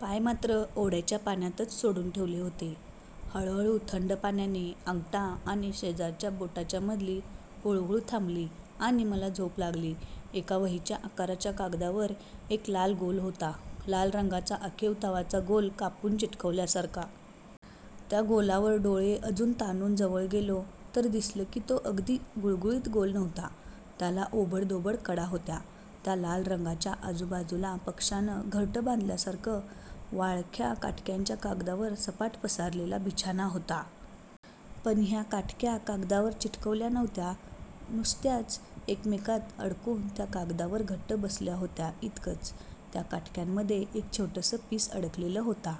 पाय मात्र ओढ्याच्या पाण्यातच सोडून ठेवले होते. हळुहळु थंड पाण्याने अंगठा आणि शेजारच्या बोटाच्यामधली हुळहुळ थांबली आणि मला झोप लागली. एका वहीच्या आकाराच्या कागदावर एक लाल गोल होता. लाल रंगाचा आखीव तावाचा गोल कापून चिकटवल्यासारखा. त्या गोलावर डोळे अजून ताणून जवळ गेलो तर दिसलं की तो अगदी गुळगुळीत गोल नव्हता. त्याला ओबडधोबड कडा होत्या. त्या लाल रंगाच्या आजूबाजूला पक्ष्यानं घरटं बांधल्यासारखं वाळक्या काटक्यांचा कागदावर सपाट पसरलेला बिछाना होता. पण ह्या काटक्या कागदावर चिकटवल्या नव्हत्या. नुसत्याच एकमेकात अडकून त्या कागदावर घट्ट बसल्या होत्या इतकंच. त्या काटक्यांमध्ये एक छोटसं पीस अडकलेलं होता.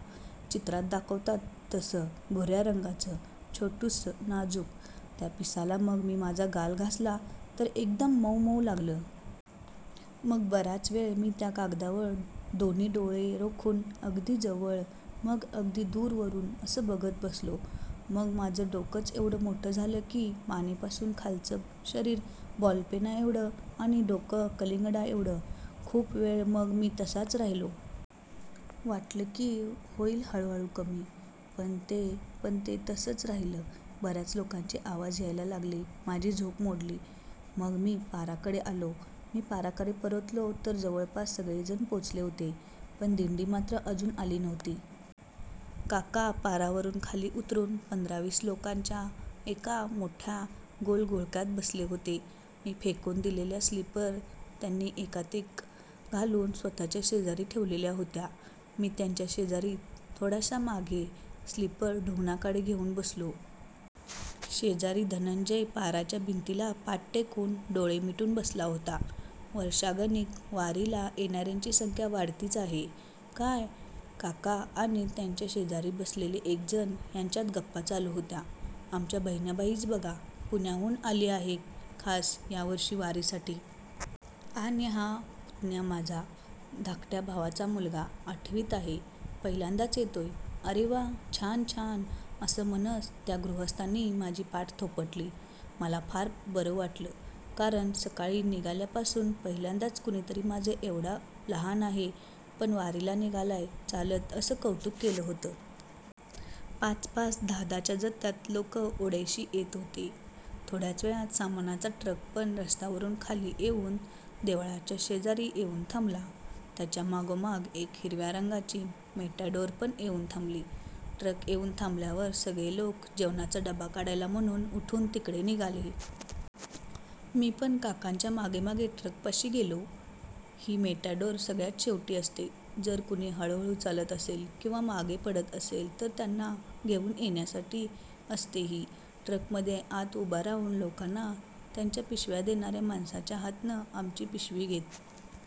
चित्रात दाखवतात तसं भुर्या रंगाचं, छोटूसं, नाजूक. त्या पिसाला मग मी माझा गाल घासला तर एकदम मउ मउ लागलं. मग बराच वेळ मी त्या कागदावर दोन्ही डोळे रोखून अगदी जवळ, मग अगदी दूरवरुन असं बघत बसलो. मग माझं डोकंच एव्हडं मोठं झालं की मानेपासून खालचं शरीर बॉलपेनाएव्हडं आणि डोकं कलिंगडाएव्हडं. खूप वेळ मग मी तसाच राहिलो. वाटलं की होइल हळुहळु कमी. पण ते पण ते तसच राहिलं. बर्याच लोकांचे आवाज यायला लागले. माझी झोप मोडली. मग मी पाराकडे आलो. मी पाराकडे परतलो तर जवळपास सगळेजण पोचले होते. पण दिंडी मात्र अजून आली नव्हती. काका पारावरुन खाली उतरुन पंधरा-वीस लोकांच्या एका मोठ्या गोल घोळक्यात बसले होते. मी फेकून दिलेल्या स्लीपर त्यांनी एकात एक घालून स्वतःच्या शेजारी ठेवलेल्या होत्या. मी त्यांच्या शेजारी, थोडासा मागे, स्लीपर ढुंगणाखाली घेउन बसलो. शेजारी धनंजय पाराच्या भिंतीला पाठ टेकवून, डोळे मिटून बसला होता. वर्षागणिक वारीला येणार्यांची संख्या वाढतीच आहे, काय! काका आणि त्यांच्या शेजारी बसलेले एक जण ह्यांच्यात गप्पा चालू होत्या. आमच्या बहिणाबाईच बघा. पुण्याहून आली आहे खास ह्यावर्षी वारीसाठी. आणि हा पुतण्या माझा, धाकट्या भावाचा मुलगा. आठवीत आहे. पहिल्यांदाच येतोय. अरे वा. छान छान. असं म्हणत त्यां गृहस्थांनी माझी पाठ थोपटली. मला फार बरं वाटलं. कारण सकाळी निघाल्यापासून पहिल्यांदाच कुणीतरी माझं एव्हडा लहान आहे, पण वारीला निघालाय चालत असं कौतुक केलं होतं. पाच-पाच, दहा-दहाच्या जथ्थ्यात लोकं ओढ्याशी येत होते. थोड्याच वेळात सामानाचा ट्रक पण रस्त्यावरुन खाली येउन देवळाच्या शेजारी येउन थांबला. त्याच्यामागोमाग एक हिरव्या रंगाची मेटॅडोरपण येउन थांबली. ट्रक येउन थांबल्यावर सगळे लोक जेवणाचा डबा काढायला म्हणुन उठुन तिकडे निघाले. मी पण काकांच्या मागेमागे ट्रकपाशी गेलो. ही मेटॅडोर सगळ्यात शेवटी असते. जर कुणी हळुहळु चालत असेल किंवा मागे पडत असेल, तर त्यांना घेउन येण्यासाठी असते ही, ट्रकमध्ये आत उभा राहून लोकांना त्यांच्या पिशव्या देणार्या माणसाच्या हातनं आमची पिशवी घेत